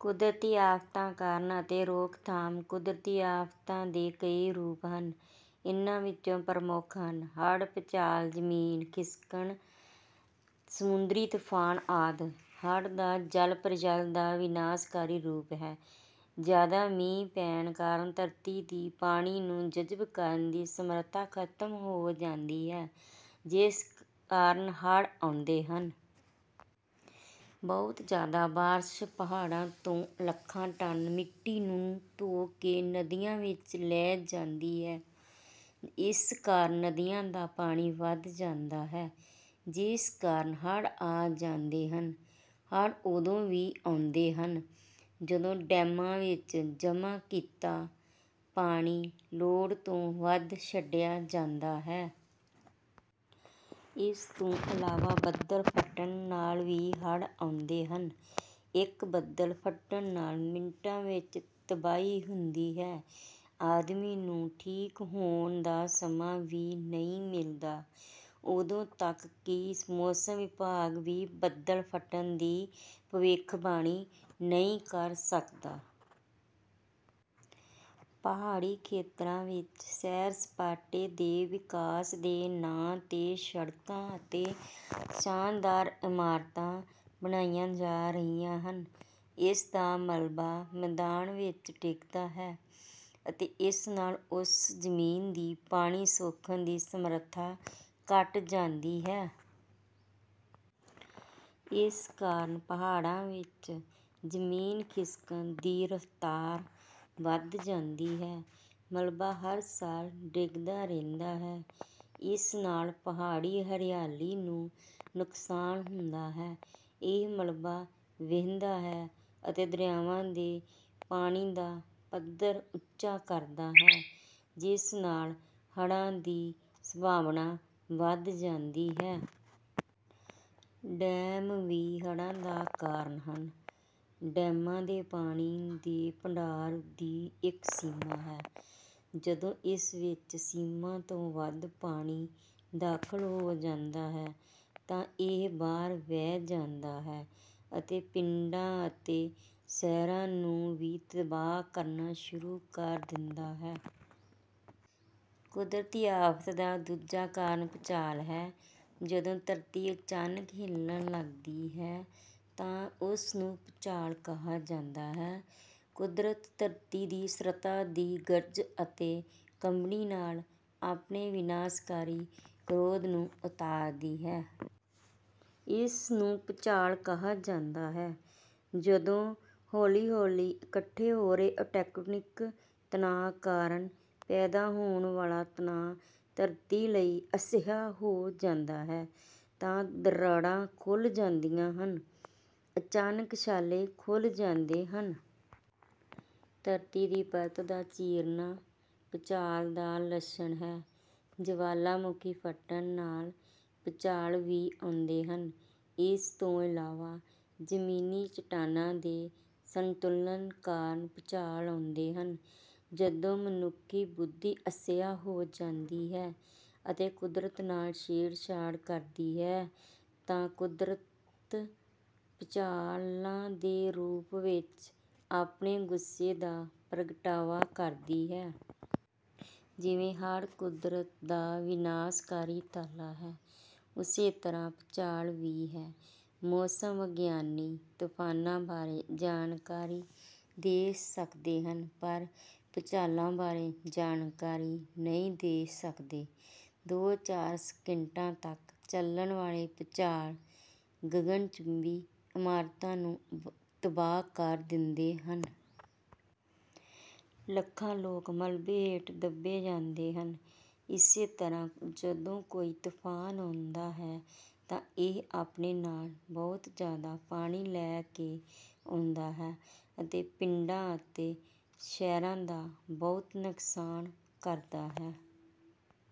ਕੁਦਰਤੀ ਆਫ਼ਤਾਂ-ਕਾਰਨ ਅਤੇ ਰੋਕਥਾਮ ਕੁਦਰਤੀ ਆਫ਼ਤਾਂ ਦੇ ਕਈ ਰੂਪ ਹਨ। ਇਨ੍ਹਾਂ ਵਿੱਚੋਂ ਪ੍ਰਮੁੱਖ ਹਨ ਹੜ੍ਹ, ਭੂਚਾਲ, ਜ਼ਮੀਨ ਖਿਸਕਣ, ਸਮੁੰਦਰੀ ਤੂਫ਼ਾਨ ਆਦਿ। ਹੜ੍ਹ ਦਾ ਜਲ ਪ੍ਰਲਯ ਦਾ ਵਿਨਾਸ਼ਕਾਰੀ ਰੂਪ ਹੈ। ਜ਼ਿਆਦਾ ਮੀਂਹ ਪੈਣ ਕਾਰਨ ਧਰਤੀ ਦੀ ਪਾਣੀ ਨੂੰ ਜਜ਼ਬ ਕਰਨ ਦੀ ਸਮਰੱਥਾ ਖਤਮ ਹੋ ਜਾਂਦੀ ਹੈ, ਜਿਸ ਕਾਰਨ ਹੜ੍ਹ ਆਉਂਦੇ ਹਨ। ਬਹੁਤ ਜ਼ਿਆਦਾ ਬਾਰਸ਼ ਪਹਾੜਾਂ ਤੋਂ ਲੱਖਾਂ ਟਨ ਮਿੱਟੀ ਨੂੰ ਧੋ ਕੇ ਨਦੀਆਂ ਵਿੱਚ ਲੈ ਜਾਂਦੀ ਹੈ। ਇਸ ਕਾਰਨ ਨਦੀਆਂ ਦਾ ਪਾਣੀ ਵੱਧ ਜਾਂਦਾ ਹੈ ਜਿਸ ਕਾਰਨ ਹੜ੍ਹ ਆ ਜਾਂਦੇ ਹਨ। ਹੜ੍ਹ ਉਦੋਂ ਵੀ ਆਉਂਦੇ ਹਨ ਜਦੋਂ ਡੈਮਾਂ ਵਿੱਚ ਜਮਾਂ ਕੀਤਾ ਪਾਣੀ ਲੋੜ ਤੋਂ ਵੱਧ ਛੱਡਿਆ ਜਾਂਦਾ ਹੈ। ਇਸ ਤੋਂ ਇਲਾਵਾ ਬੱਦਲ ਫੱਟਣ ਨਾਲ ਵੀ ਹੜ੍ਹ ਆਉਂਦੇ ਹਨ। ਇੱਕ ਬੱਦਲ ਫਟਣ ਨਾਲ ਮਿੰਟਾਂ ਵਿੱਚ ਤਬਾਹੀ ਹੁੰਦੀ ਹੈ। ਆਦਮੀ ਨੂੰ ਠੀਕ ਹੋਣ ਦਾ ਸਮਾਂ ਵੀ ਨਹੀਂ ਮਿਲਦਾ। ਇੱਥੋਂ ਤੱਕ ਕਿ ਮੌਸਮ ਵਿਭਾਗ ਵੀ ਬੱਦਲ ਫਟਣ ਦੀ ਭਵਿੱਖਬਾਣੀ ਨਹੀਂ ਕਰ ਸਕਦਾ। ਪਹਾੜੀ ਖੇਤਰਾਂ ਵਿੱਚ ਸੈਰ-ਸਪਾਟੇ ਦੇ ਵਿਕਾਸ ਦੇ ਨਾਂ 'ਤੇ ਸੜਕਾਂ ਅਤੇ ਸ਼ਾਨਦਾਰ ਇਮਾਰਤਾਂ ਬਣਾਈਆਂ ਜਾ ਰਹੀਆਂ ਹਨ। ਇਸ ਦਾ ਮਲਬਾ ਮੈਦਾਨ ਵਿੱਚ ਡਿੱਗਦਾ ਹੈ ਅਤੇ ਇਸ ਨਾਲ ਉਸ ਜ਼ਮੀਨ ਦੀ ਪਾਣੀ ਸੋਖਣ ਦੀ ਸਮਰੱਥਾ ਘਟ ਜਾਂਦੀ ਹੈ। ਇਸ ਕਾਰਨ ਪਹਾੜਾਂ ਵਿੱਚ ਜ਼ਮੀਨ ਖਿਸਕਣ ਦੀ ਰਫ਼ਤਾਰ ਵੱਧ ਜਾਂਦੀ ਹੈ। ਮਲਬਾ ਹਰ ਸਾਲ ਡਿੱਗਦਾ ਰਹਿੰਦਾ ਹੈ। ਇਸ ਨਾਲ ਪਹਾੜੀ ਹਰਿਆਲੀ ਨੂੰ ਨੁਕਸਾਨ ਹੁੰਦਾ ਹੈ। ਇਹ ਮਲਬਾ ਵਹਿੰਦਾ ਹੈ ਅਤੇ ਦਰਿਆਵਾਂ ਦੇ ਪਾਣੀ ਦਾ ਪੱਧਰ ਉੱਚਾ ਕਰਦਾ ਹੈ, ਜਿਸ ਨਾਲ ਹੜ੍ਹਾਂ ਦੀ ਸੰਭਾਵਨਾ ਵਧ ਜਾਂਦੀ ਹੈ। ਡੈਮ ਵੀ ਹੜ੍ਹਾਂ ਦਾ ਕਾਰਨ ਹਨ। ਡੈਮਾਂ ਦੇ ਪਾਣੀ ਦੇ ਭੰਡਾਰ ਦੀ ਇੱਕ ਸੀਮਾ ਹੈ। ਜਦੋਂ ਇਸ ਵਿੱਚ ਸੀਮਾ ਤੋਂ ਵੱਧ ਪਾਣੀ ਦਾਖਲ ਹੋ ਜਾਂਦਾ ਹੈ, ਤਾਂ ਇਹ ਬਾਹਰ ਵਹਿ ਜਾਂਦਾ ਹੈ ਅਤੇ ਪਿੰਡਾਂ ਅਤੇ ਸ਼ਹਿਰਾਂ ਨੂੰ ਵੀ ਤਬਾਹ ਕਰਨਾ ਸ਼ੁਰੂ ਕਰ ਦਿੰਦਾ ਹੈ। ਕੁਦਰਤੀ ਆਫ਼ਤ ਦਾ ਦੂਜਾ ਕਾਰਨ ਭੂਚਾਲ ਹੈ। ਜਦੋਂ ਧਰਤੀ ਅਚਾਨਕ ਹਿੱਲਣ ਲੱਗਦੀ ਹੈ ਤਾਂ ਉਸ ਨੂੰ ਭੂਚਾਲ ਕਿਹਾ ਜਾਂਦਾ ਹੈ। ਕੁਦਰਤ ਧਰਤੀ ਦੀ ਸਤ੍ਹਾ ਦੀ ਗਰਜ ਅਤੇ ਕੰਬਣੀ ਨਾਲ ਆਪਣੇ ਵਿਨਾਸ਼ਕਾਰੀ ਕ੍ਰੋਧ ਨੂੰ ਉਤਾਰਦੀ ਹੈ। ਇਸ ਨੂੰ ਭੂਚਾਲ ਕਿਹਾ ਜਾਂਦਾ ਹੈ। ਜਦੋਂ ਹੌਲੀ-ਹੌਲੀ ਇਕੱਠੇ ਹੋ ਰਹੇ ਟੈਕਟੋਨਿਕ ਤਣਾਅ ਕਾਰਨ ਪੈਦਾ ਹੋਣ ਵਾਲਾ ਤਣਾਅ ਧਰਤੀ ਲਈ ਅਸਹਿ ਹੋ ਜਾਂਦਾ ਹੈ, ਤਾਂ ਦਰਾਰਾਂ ਖੁੱਲ੍ਹ ਜਾਂਦੀਆਂ ਹਨ। ਅਚਾਨਕ ਛਾਲੇ ਖੁੱਲ੍ਹ ਜਾਂਦੇ ਹਨ। ਧਰਤੀ ਦੀ ਪਰਤ ਦਾ ਚੀਰਨਾ ਭੂਚਾਲ ਦਾ ਲੱਛਣ ਹੈ। ਜਵਾਲਾਮੁਖੀ ਫਟਣ ਨਾਲ ਭੂਚਾਲ ਵੀ ਆਉਂਦੇ ਹਨ। ਇਸ ਤੋਂ ਇਲਾਵਾ ਜ਼ਮੀਨੀ ਚੱਟਾਨਾਂ ਦੇ ਅਸੰਤੁਲਨ ਕਾਰਨ ਭੂਚਾਲ ਆਉਂਦੇ ਹਨ। ਜਦੋਂ ਮਨੁੱਖੀ ਬੁੱਧੀ ਅਸਹਿ ਹੋ ਜਾਂਦੀ ਹੈ ਅਤੇ ਕੁਦਰਤ ਨਾਲ ਛੇੜਛਾੜ ਕਰਦੀ ਹੈ ਤਾਂ ਕੁਦਰਤ ਭੁਚਾਲਾਂ ਦੇ ਰੂਪ ਵਿੱਚ ਆਪਣੇ ਗੁੱਸੇ ਦਾ ਪ੍ਰਗਟਾਵਾ ਕਰਦੀ ਹੈ। ਜਿਵੇਂ ਹੜ੍ਹ ਕੁਦਰਤ ਦਾ ਵਿਨਾਸ਼ਕਾਰੀ ਤਾਲਾ ਹੈ, ਉਸੇ ਤਰ੍ਹਾਂ ਭੂਚਾਲ ਵੀ ਹੈ। ਮੌਸਮ ਵਿਗਿਆਨੀ ਤੂਫਾਨਾਂ ਬਾਰੇ ਜਾਣਕਾਰੀ ਦੇ ਸਕਦੇ ਹਨ ਪਰ ਭੂਚਾਲਾਂ ਬਾਰੇ ਜਾਣਕਾਰੀ ਨਹੀਂ ਦੇ ਸਕਦੇ। ਦੋ-ਚਾਰ ਸਕਿੰਟਾਂ ਤੱਕ ਚੱਲਣ ਵਾਲੇ ਭੁਚਾਲ ਗਗਨਚੁੰਬੀ ਇਮਾਰਤਾਂ ਨੂੰ ਤਬਾਹ ਕਰ ਦਿੰਦੇ ਹਨ। ਲੱਖਾਂ ਲੋਕ ਮਲਬੇ ਹੇਠ ਦੱਬੇ ਜਾਂਦੇ ਹਨ। ਇਸੇ ਤਰ੍ਹਾਂ ਜਦੋਂ ਕੋਈ ਤੂਫਾਨ ਆਉਂਦਾ ਹੈ ਤਾਂ ਇਹ ਆਪਣੇ ਨਾਲ ਬਹੁਤ ਜ਼ਿਆਦਾ ਪਾਣੀ ਲੈ ਕੇ ਆਉਂਦਾ ਹੈ ਅਤੇ ਪਿੰਡਾਂ ਅਤੇ ਸ਼ਹਿਰਾਂ ਦਾ ਬਹੁਤ ਨੁਕਸਾਨ ਕਰਦਾ ਹੈ।